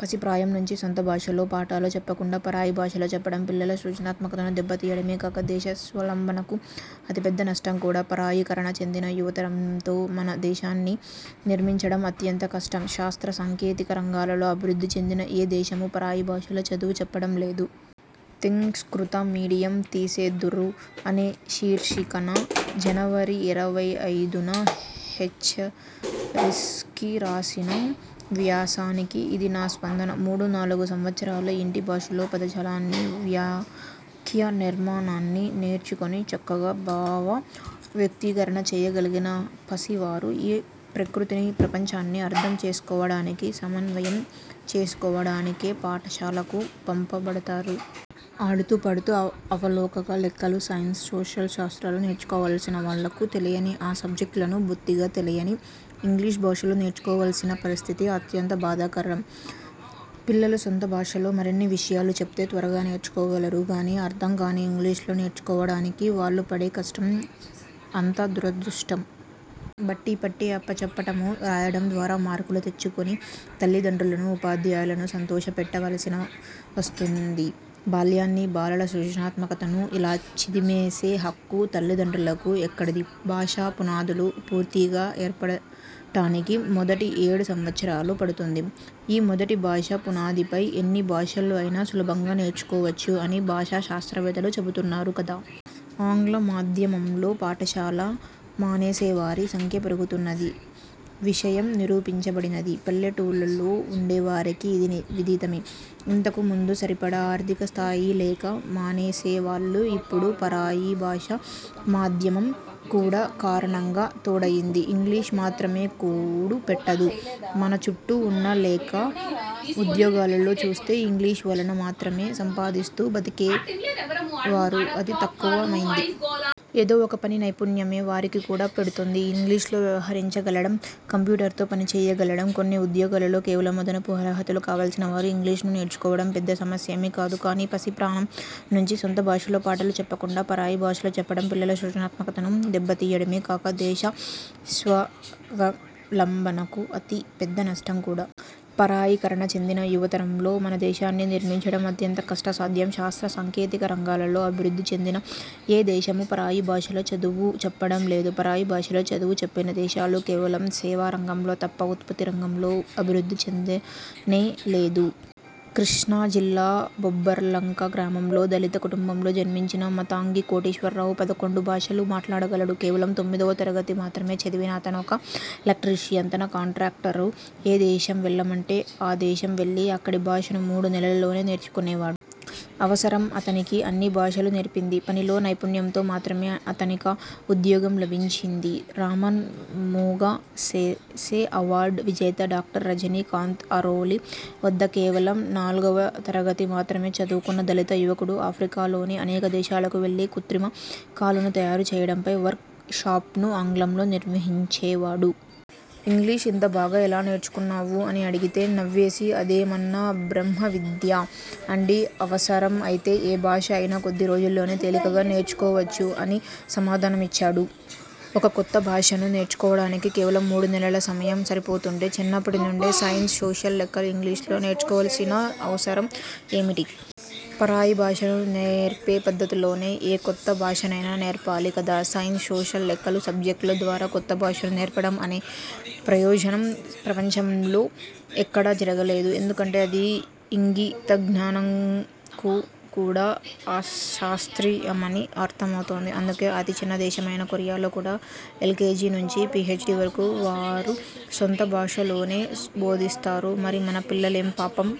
పసిప్రాయం నుంచీ సొంత భాషలో పాఠాలు చెప్పకుండా పరాయి భాషలో చెప్పడం పిల్లల సృజనాత్మకతను దెబ్బతీయడమే కాక, దేశ స్వావలంబనకు అతి పెద్ద నష్టం కూడా. పరాయీకరణ చెందిన యువతరంతో మన దేశాన్ని నిర్మించడం అత్యంత కష్టం. శాస్త్ర, సాంకేతిక రంగాలలో అభివృద్ధి చెందిన ఏ దేశమూ పరాయి భాషలో చదువు చెప్పడం లేదు. 'తెంస్కృత' మీడియం తీసేద్దురూ! అనే శీర్షికన జనవరి ఇరవై ఐదు న హెచ్చార్కె రాసిన వ్యాసానికి ఇది నా స్పందన. మూడు, నాలుగు సంవత్సరాలు ఇంటి భాషలో పదజాలాన్నీ, వాక్య నిర్మాణాన్ని నేర్చుకొని చక్కగా భావ వ్యక్తీకరణ చేయగలిగిన పసి వారు ఈ ప్రకృతిని, ప్రపంచాన్ని అర్థం చేసుకోవడానికి, సమన్వయం చేసుకోవడానికే పాఠశాలకు పంపబడతారు. ఆడుతూ, పాడుతూ అలవోకగా లెక్కలు, సైన్స్, సోషల్ శాస్త్రాలు నేర్చుకోవాల్సిన వాళ్ళకు తెలియని ఆ సబ్జెక్టులను బొత్తిగా తెలియని ఇంగ్లీష్ భాషలో నేర్చుకోవలసిన పరిస్థితి అత్యంత బాధాకరం. పిల్లల సొంత భాషలో మరిన్ని విషయాలు చెప్తే త్వరగా నేర్చుకోగలరు గానీ, అర్థంకాని ఇంగ్లీషులో నేర్చుకోవడానికి వాళ్ళు పడే కష్టం అంత దురదృష్టం! బట్టీ పట్టి అప్పచెప్పటమూ, రాయడం ద్వారా మార్కులు తెచ్చుకుని తలిదండ్రులనూ, ఉపాధ్యాయులనూ సంతోషపెట్టవలసి వస్తుంది. బాల్యాన్నీ, బాలల సృజనాత్మకతనూ ఇలా చిదిమేసే హక్కు తల్లిదండ్రులకు ఎక్కడిది? భాషా పునాదులు పూర్తిగా ఏర్పడటానికి మొదటి ఏడు సంవత్సరాలు పడుతుంది. ఈ మొదటి భాష పునాదిపై ఎన్ని భాషలయినా సులభంగా నేర్చుకోవచ్చు'' అని భాషా శాస్త్రవేత్తలు చెబుతున్నారు కదా! ఆంగ్ల మాధ్యమంలో పాఠశాల మానేసేవారి సంఖ్య పెరుగుతున్నది విషయం నిరూపించబడినది. పల్లెటూళ్ళలో ఉండేవారికి ఇది విదితమే! ఇంతకు ముందు సరిపడా ఆర్థిక స్థాయి లేక మానేసేవాళ్ళు ఇప్పుడు పరాయిభాషా మాధ్యమం కూడా కారణంగా తోడయ్యింది. ఇంగ్లీష్ మాత్రమే కూడు పెట్టదు. మన చుట్టూ ఉన్న లేక ఉద్యోగాలలో చూస్తే ఇంగ్లీష్ వలన మాత్రమే సంపాదిస్తూ బ్రతికేవారు అతి తక్కువమంది. ఏదో ఒక పని నైపుణ్యమే వారికి కూడు పెడ్తోంది. ఇంగ్లీషులో వ్యవహరించగలగడం, కంప్యూటర్తో పనిచేయగలగడం కొన్ని ఉద్యోగాలలో కేవలం అదనపు అర్హతలు. కావలసిన వారు ఇంగ్లీషును నేర్చుకోవడం పెద్ద సమస్యేమీ కాదు. కానీ పసిప్రాయం నుంచీ సొంత భాషలో పాఠాలు చెప్పకుండా పరాయి భాషలో చెప్పడం పిల్లల సృజనాత్మకతను దెబ్బతీయడమే కాక, దేశ స్వావలంబనకు అతి పెద్ద నష్టం కూడా. పరాయీకరణ చెందిన యువతరంతో మన దేశాన్ని నిర్మించడం అత్యంత కష్ట సాధ్యం. శాస్త్ర, సాంకేతిక రంగాలలో అభివృద్ధి చెందిన ఏ దేశమూ పరాయి భాషలో చదువు చెప్పడం లేదు. పరాయి భాషలో చదువు చెప్పిన దేశాలు కేవలం సేవారంగంలో తప్ప ఉత్పత్తి రంగంలో అభివృద్ధి చెందనే లేదు. కృష్ణా జిల్లా బొబ్బర్లంక గ్రామంలో దళిత కుటుంబంలో జన్మించిన మాతంగి కోటేశ్వరరావు పదకొండు భాషలు మాట్లాడగలడు. కేవలం తొమ్మిది వ తరగతి మాత్రమే చదివిన అతనొక ఎలక్ట్రీషియన్. తన కాంట్రాక్టరు ఏ దేశం వెళ్ళమంటే ఆ దేశం వెళ్లి అక్కడి భాషను మూడు నెలల్లోనే నేర్చుకునేవాడు. అవసరం అతనికి అన్ని భాషలూ నేర్పింది. పనిలో నైపుణ్యంతో మాత్రమే అతనికా ఉద్యోగం లభించింది. రామన్ మెగసెసే అవార్డు విజేత డాక్టర్ రజనీ కాంత్ అరోలి వద్ద కేవలం నాల్గవ తరగతి మాత్రమే చదువుకున్న దళిత యువకుడు ఆఫ్రికాలోని అనేక దేశాలకు వెళ్లి కృత్రిమ కాళ్ళను తయారు చేయడంపై వర్క్ షాప్స్ను ఆంగ్లంలో నిర్వహించేవాడు. ఇంగ్లీషు ఇంత బాగా ఎలా నేర్చుకున్నావు అని అడిగితే నవ్వేసి 'అదేమన్నా బ్రహ్మ విద్యా అండి, అవసరం అయితే ఏ భాష అయినా కొద్ది రోజుల్లోనే తేలికగా నేర్చుకోవచ్చు' అని సమాధానమిచ్చాడు. ఒక కొత్త భాషను నేర్చుకోవడానికి కేవలం మూడు నెలల సమయం సరిపోతుంటే చిన్నప్పటి నుండే సైన్స్, సోషల్, లెక్కలు ఇంగ్లీషులో నేర్చుకోవలసిన అవసరం ఏమిటి? పరాయి భాషను నేర్పే పద్ధతులలోనే ఏ కొత్త భాషనైనా నేర్పాలి గదా! సైన్స్, సోషల్, లెక్కలు సబ్జెక్టుల ద్వారా కొత్తభాషను నేర్పడం అనే ప్రయోగం ప్రపంచంలో ఎక్కడా జరగలేదు. ఎందుకంటే అది ఇంగితజ్ఞానం కు కూడా అశాస్త్రీయమని అర్థమవుతుంది. అందుకే అతి చిన్న దేశమైన కొరియాలో కూడా ఎల్కేజీ నుంచి పీహెచ్డీ వరకు వారి సొంత భాషలోనే బోధిస్తారు. మరి మన పిల్లలేం పాపం